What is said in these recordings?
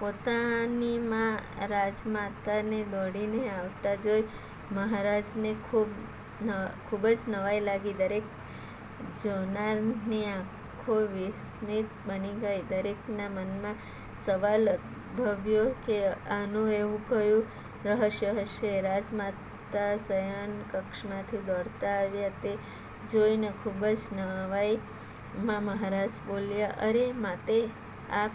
પોતાની મા રાજમાતાને દોડીને આવતાં જોઈ મહારાજને ખુબ જ નવાઈ લાગી. દરેક જોનારની આંખો વિસ્મિત બની ગઈ. દરેકના મનમાં સવાલ ઉદ્દભવ્યો કે,"આનું એવું કયું રહસ્ય હશે? રાજમાતા શયનકક્ષથી દોડતા આવ્યાં તે જોઈને ખુબ જ નવાઈમાં મહારાજ બોલ્યાં,"અરે માતે, આપ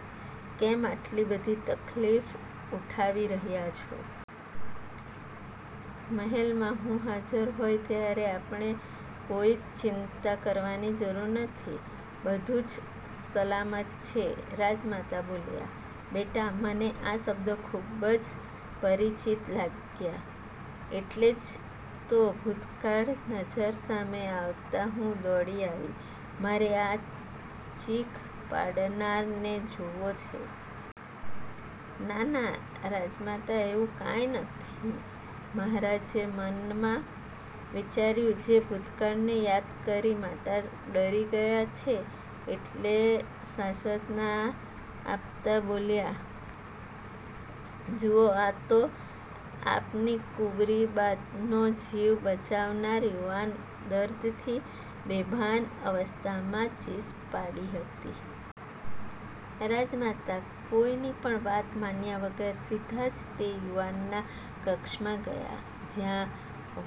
કેમ આટલી બધી તકલીફ ઉઠાવી રહ્યાં છો? મહેલમાં હું હાજર હોય ત્યારે આપણે કોઈ જ ચિંતા કરવાની જરૂર નથી. બધું જ સલામત છે." રાજમાતાં બોલ્યાં,"બેટા મને આ શબ્દો ખુબ જ પરિચિત લાગ્યાં એટલે જ તો ભૂતકાળ નજ઼ર સામે આવતાં હું દોડી આવી, મારે આ ચીખ પાડનારને જોવો છે." "ના, ના રાજમાતા એવું કાંઈ નહીં." મહારાજે મનમાં વિચાર્યું જે ભૂતકાળને યાદ કરી માતા ડરી ગયાં છે, એટલે શાંત્વના આપતાં બોલ્યાં," જૂઓ આ તો આપની કુંવરીબાનો જીવ બચાવનાર યુવાન દર્દથી બેભાન અવસ્થામાં ચીસ પાડી હતી." રાજમાતાં કોઈની પણ વાત માન્યાં વગર સીધા જ તે યુવાનના કક્ષમાં ગયાં. જ્યાં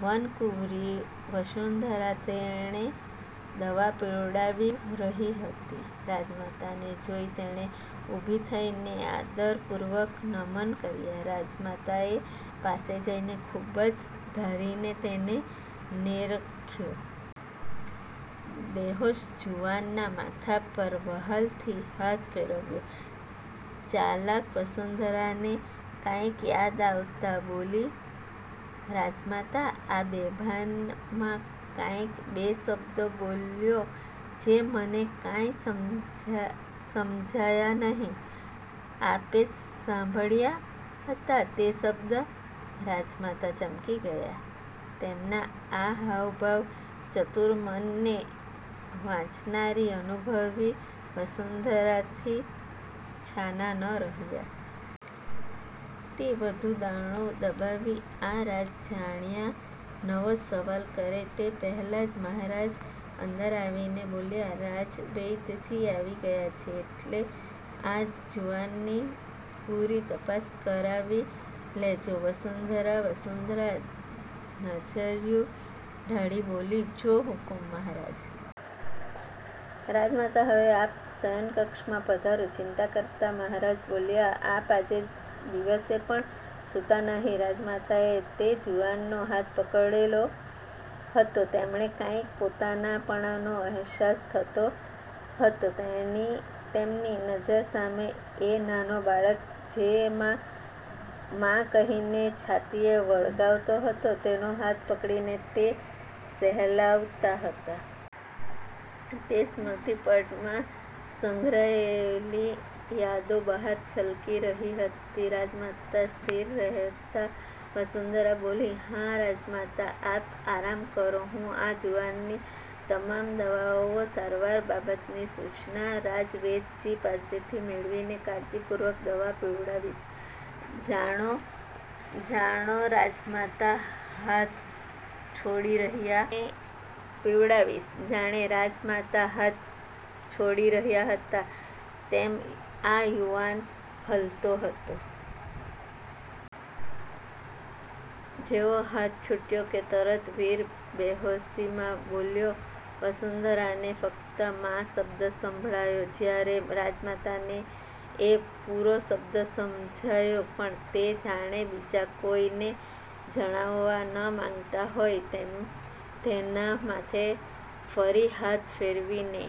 વનકુંવરી વસુંધરા તેણે દવા પીવડાવી રહી હતી. રાજમાતાને જોઈ તેણે ઉભી થઈને આદરપૂર્વક નમન કર્યા. રાજમાતાએ પાસે જઈને ખુબ જ ધારીને તેને નીરખ્યો. બેહોશ જુવાનના માથા પર વહાલથી હાથ ફેરવ્યો. ચાલાક વસુંધરાને કાંઈક યાદ આવતાં બોલી,"રાજમાતાં આ બેભાનમાં કાંઈક બે શબ્દો બોલ્યો જે મને કાંઈ સમજાયાં નહીં. આપે સાંભળ્યા હતાં તે શબ્દ?" રાજમાતા ચમકી ગયાં. તેમનાં આ હાવભાવ ચતુર મનને વાંચનારી અનુભવી વસુંધરાથી છાના ન રહ્યાં. તે વઘુ દાણો દબાવી આ રાજ જાણવાં નવો સવાલ કરે તે પહેલાં જ મહારાજ અંદર આવીને બોલ્યાં,"રાજવૈદ્યજી આવી ગયાં છે, એટલે આ જુવાનની પુરી તપાસ કરાવી લેજો વસુંધરા." વસુંધરા નજર્યું ઢાળી બોલી,"જો હુકુમ મહારાજ." "રાજમાતાં હવે આપ શયનકક્ષમાં પધારો." ચિંતા કરતાં મહારાજ બોલ્યાં,"આપ આજે દિવસે પણ સૂતાં નહીં." રાજમાતાએ તે જુવાનનો હાથ પકડેલો હતો, તેમણે કાંઈક પોતાનાપણાનો અહેસાસ થતો હતો. તેમની નજ઼ર સામે એ નાનો બાળક જે મા કહીને છાતીએ વળગતો હતો, તેનો હાથ પકડીને તે સહેલાવતાં હતાં. તે સ્મૃતિપટમાં સંઘરાયેલી યાદો બહાર છલકી રહી હતી. રાજમાતા સ્થીર રહેતા વસુંધરા બોલી,"હાં રાજમાતાં આપ આરામ કરો. હું આ જુવાનની તમામ દવાઓ સારવાર બાબતની સૂચના રાજવૈદ્યજી પાસેથી મેળવીને કાળજીપૂર્વક દવા પીવડાવીશ." જાણે રાજમાતાં હાથ છોડી રહ્યાં હતાં તેમ આ યુવાન હલતો હતો. જેવો હાથ છૂટ્યો કે તરત વીર બેહોશીમાં બોલ્યો, વસુંધરાને ફક્ત મા શબ્દ સંભળાયો જયારે રાજમાતાને એ પૂરો શબ્દ સમજાયો, પણ તે જાણે બીજા કોઈને જણાવવા ન માગતાં હોય તેમ તેનાં માથે ફરી હાથ ફેરવીને